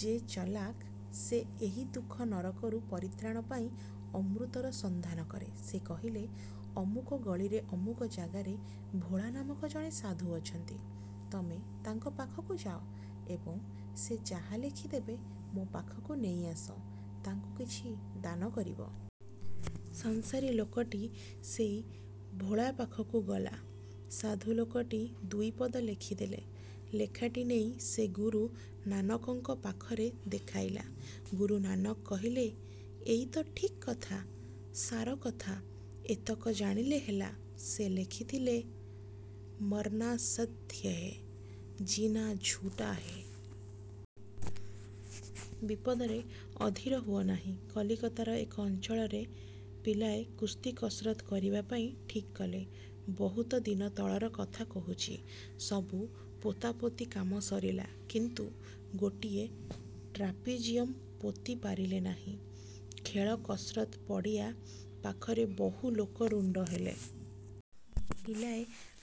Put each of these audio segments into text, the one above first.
ଯେ ଚଲାକ୍, ସେ ଏହି ଦୁଃଖ-ନରକରୁ ପରିତ୍ରାଣ ପାଇଁ ଅମୃତର ସନ୍ଧାନ କରେ। '' ସେ କହିଲେ-ଅମୁକ ଗଳିରେ ଅମୁକ ଜାଗାରେ ଭୋଳା ନାମକ ଜଣେ ସାଧୁ ଅଛନ୍ତି; ତମେ ତାଙ୍କ ପାଖକୁ ଯାଅ ଏବଂ ସେ ଯାହା ଲେଖିଦେବେ ମୋ ପାଖକୁ ନେଇଆସ। ତାଙ୍କୁ କିଛି ଦାନ କରିବ। ସଂସାରୀ ଲୋକଟି ସେଇ ଭୋଳା ପାଖକୁ ଗଲା। ସାଧୁ ଲୋକଟି ଦୁଇପଦ ଲେଖିଦେଲେ। ଲେଖାଟି ନେଇ ସେ ଗୁରୁ ନାନକଙ୍କ ପାଖରେ ଦେଖାଇଲା। ଗୁରୁ ନାନକ କହିଲେ, ''ଏଇ ତ ଠିକ୍ କଥା-ସାର କଥା-ଏତକ ଜାଣିଲେ ହେଲା। '' ସେ ଲେଖିଥିଲେ ''ମର୍ନା ସତ୍ ହୈ, ଜୀଁନା ଝୁଟା ହୈ। '' ବିପଦରେ ଅଧୀର ହୁଅନାହିଁ କଲିକତାର ଏକ ଅଞ୍ଚଳରେ ପିଲାଏ କୁସ୍ତି କସରତ୍ କରିବା ପାଇଁ ଠିକ୍ କଲେ। ବହୁତ ଦିନ ତଳର କଥା କହୁଛି। ସବୁ ପୋତାପୋତି କାମ ସରିଲା। କିନ୍ତୁ ଗୋଟିଏ ଟ୍ରାପିଜିଅମ ପୋତି ପାରିଲେ ନାହିଁ। ଖେଳ କସରତ ପଡ଼ିଆ ପାଖରେ ବହୁ ଲୋକ ରୁଣ୍ତ ହେଲେ। ପିଲାଏ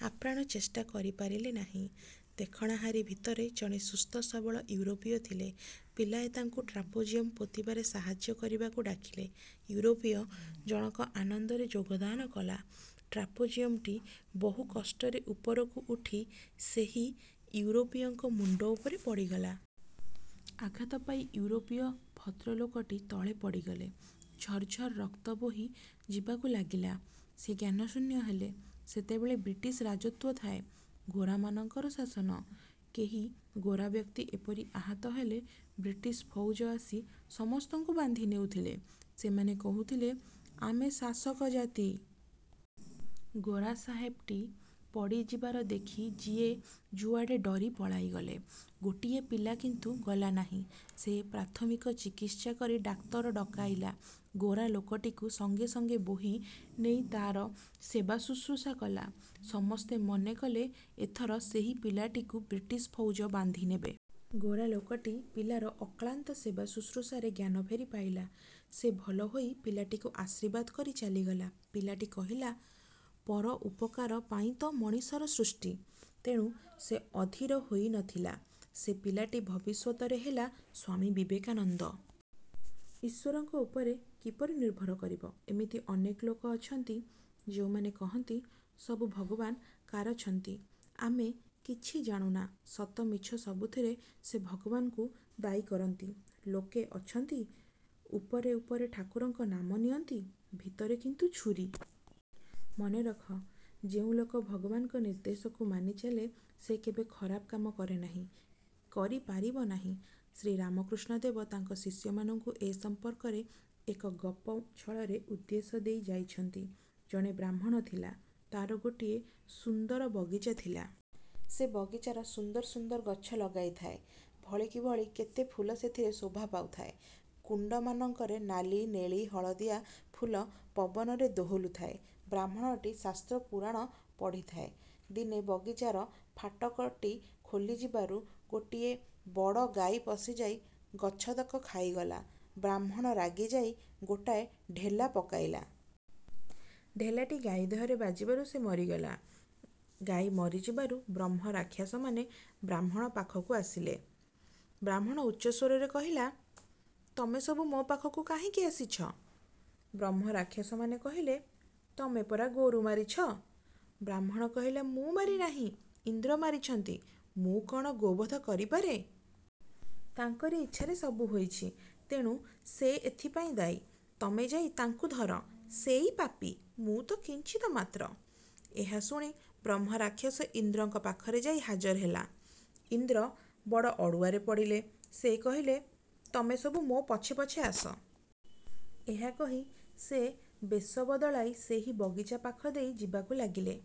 ଆପ୍ରାଣ ଚେଷ୍ଟା କରି ପାରିଲେ ନାହିଁ। ଦେଖଣାହାରୀ ଭିତରେ ଜଣେ ସୁସ୍ଥ ସବଳ ୟୁରୋପୀୟ ଥିଲେ। ପିଲାଏ ତାଙ୍କୁ ଟ୍ରାପିଜିୟମ ପୋତିବାରେ ସାହାଯ୍ୟ କରିବାକୁ ଡାକିଲେ। ୟୁରୋପୀୟ ଜଣକ ଆନନ୍ଦରେ ଯୋଗଦାନ କଲା। ଟ୍ରାପିଜିୟମଟି ବହୁ କଷ୍ଟରେ ଉପରକୁ ଉଠି ସେହି ୟୁରୋପୀୟଙ୍କ ମୁଣ୍ତ ଉପରେ ପଡ଼ିଗଲା। ଆଘାତ ପାଇ ୟୁରୋପୀୟ ଭଦ୍ରଲୋକଟି ତଳେ ପଡ଼ିଗଲେ। ଝର ଝର ରକ୍ତ ବୋହି ଯିବାକୁ ଲାଗିଲା। ସେ ଜ୍ଞାନଶୂନ୍ୟ ହେଲେ। ସେତେବେଳେ ବ୍ରିଟିଶ ରାଜତ୍ୱ ଥାଏ। ଗୋରାମାନଙ୍କର ଶାସନ। କେହି ଗୋରାବ୍ୟକ୍ତି ଏପରି ଆହତ ହେଲେ ବ୍ରିଟିଶ ଫଉଜ ଆସି ସମସ୍ତଙ୍କୁ ବାନ୍ଧି ନେଉଥିଲେ। ସେମାନେ କହୁଥିଲେ, ଆମେ ଶାସକ ଜାତି। ଗୋରା ସାହେବଟି ପଡ଼ିଯିବାର ଦେଖି ଯିଏ ଯୁଆଡ଼େ ଡରି ପଳାଇଗଲେ। ଗୋଟିଏ ପିଲା କିନ୍ତୁ ଗଲା ନାହିଁ। ସେ ପ୍ରାଥମିକ ଚିକିତ୍ସା କରି ଡାକ୍ତର ଡକାଇଲା। ଗୋରା ଲୋକଟିକୁ ସଙ୍ଗେ ସଙ୍ଗେ ବୋହି ନେଇ ତାର ସେବାଶୁଶ୍ରୂଷା କଲା। ସମସ୍ତେ ମନେକଲେ ଏଥର ସେହି ପିଲାଟିକୁ ବ୍ରିଟିଶ ଫଉଜ ବାନ୍ଧି ନେବେ। ଗୋରା ଲୋକଟି ପିଲାର ଅକ୍ଳାନ୍ତ ସେବା ଶୁଶ୍ରୂଷାରେ ଜ୍ଞାନ ଫେରି ପାଇଲା। ସେ ଭଲ ହୋଇ ପିଲାଟିକୁ ଆଶୀର୍ବାଦ କରି ଚାଲିଗଲା। ପିଲାଟି କହିଲା, 'ପର ଉପକାର ପାଇଁତ ମଣିଷର ସୃଷ୍ଟି। ' ତେଣୁ ସେ ଅଧୀର ହୋଇ ନଥିଲା। ସେ ପିଲାଟି ଭବିଷ୍ୟତରେ ହେଲା ସ୍ୱାମୀ ବିବେକାନନ୍ଦ। ଈଶ୍ୱରଙ୍କ ଉପରେ କିପରି ନିର୍ଭର କରିବ? ଏମିତି ଅନେକ ଲୋକ ଅଛନ୍ତି, ଯେଉଁମାନେ କହନ୍ତି-ସବୁ ଭଗବାନ କାରଛନ୍ତି, ଆମେ କିଛି ଜାଣୁନା। ସତ ମିଛ ସବୁଥିରେ ସେ ଭଗବାନଙ୍କୁ ଦାୟୀ କରନ୍ତି। ଲୋକେ ଅଛନ୍ତି, ଉପରେ ଉପରେ ଠାକୁରଙ୍କ ନାମ ନିଅନ୍ତି, ଭିତରେ କିନ୍ତୁ ଛୁରୀ। ମନେ ରଖ, ଯେଉଁ ଲୋକ ଭଗବାନଙ୍କ ନିର୍ଦ୍ଦେଶକୁ ମାନି ଚାଲେ, ସେ କେବେ ଖରାପ କାମ କରେ ନାହିଁ-କରି ପାରିବ ନାହିଁ-। ଶ୍ରୀରାମକୃଷ୍ଣ ଦେବ ତାଙ୍କ ଶିଷ୍ୟମାନଙ୍କୁ ଏ ସମ୍ପର୍କରେ ଏକ ଗପ ଛଳରେ ଉପଦେଶ ଦେଇ ଯାଇଛନ୍ତି। ଜଣେ ବ୍ରାହ୍ମଣ ଥିଲା। ତାର ଗୋଟିଏ ବଡ଼ ସୁନ୍ଦର ବଗିଚା ଥିଲା। ସେ ବଗିଚାର ସୁନ୍ଦର ସୁନ୍ଦର ଗଛ ଲଗାଇଥାଏ। ଭଳିକି ଭଳି କେତେ ଫୁଲ ସେଥିରେ ଶୋଭା ପାଉଥାଏ। କୁଣ୍ତମାନଙ୍କରେ ନାଲି-ନେଳି-ହଳଦିଆ ଫୁଲ ପବନରେ ଦୋହଲୁଥାଏ। ବ୍ରାହ୍ମଣଟି ଶାସ୍ତ୍ର-ପୁରାଣ ପଢ଼ିଥାଏ। ଦିନେ ବଗିଚାର ଫାଟକଟି ଖୋଲାଯିବାରୁ ଗୋଟିଏ ବଡ଼ ଗାଈ ପଶିଯାଇ ଗଛତକ ଖାଇଗଲା। ବ୍ରାହ୍ମଣ ରାଗିଯାଇ ଗୋଟାଏ ଢେଲା ପକାଇଲା। ଢେଲାଟି ଗାଈ ଦେହରେ ବାଜିବାରୁ ସେ ମରିଗଲା। ଗାଈ ମରିଯିବାରୁ ବ୍ରହ୍ମରାକ୍ଷସମାନେ ବ୍ରାହ୍ମଣ ପାଖକୁ ଆସିଲେ। ବ୍ରାହ୍ମଣ ଉଚ୍ଚସ୍ୱରରେ କହିଲା-'ତମେସବୁ ମୋ ପାଖକୁ କାହିଁକି ଆସିଛ? ' ବ୍ରହ୍ମରାକ୍ଷସମାନେ କହିଲେ-'ତମେ ପରା ଗୋରୁ ମାରିଛ। '। ବ୍ରାହ୍ମଣ କହିଲା, 'ମୁଁ ମାରିନାହିଁ, ଇନ୍ଦ୍ର ମାରିଛନ୍ତି। ମୁଁ କ'ଣ ଗୋବଧ କରିପାରେ? ତାଙ୍କରି ଇଚ୍ଛାରେ ସବୁ ହୋଇଛି; ତେଣୁ ସେ ଏଥିପାଇଁ ଦାୟୀ। ତମେ ଯାଇ ତାଙ୍କୁ ଧର। ସେଇ ପାପୀ; ମୁଁ ତ କିଞ୍ଚିତ ମାତ୍ର। ' ଏହା ଶୁଣି ବ୍ରହ୍ମରାକ୍ଷସ ଇନ୍ଦ୍ରଙ୍କ ପାଖରେ ଯାଇ ହାଜର ହେଲା। ଇନ୍ଦ୍ର ବଡ଼ ଅଡ଼ୁଆରେ ପଡ଼ିଲେ। ସେ କହିଲେ-''ତମେ ସବୁ ମୋ ପଛେ ପଛେ ଆସ। '' ଏହା କହି ସେ ବେଶ ବଦଳାଇ ସେହି ବଗିଚା ପାଖ ଦେଇ ଯିବାକୁ ଲାଗିଲେ।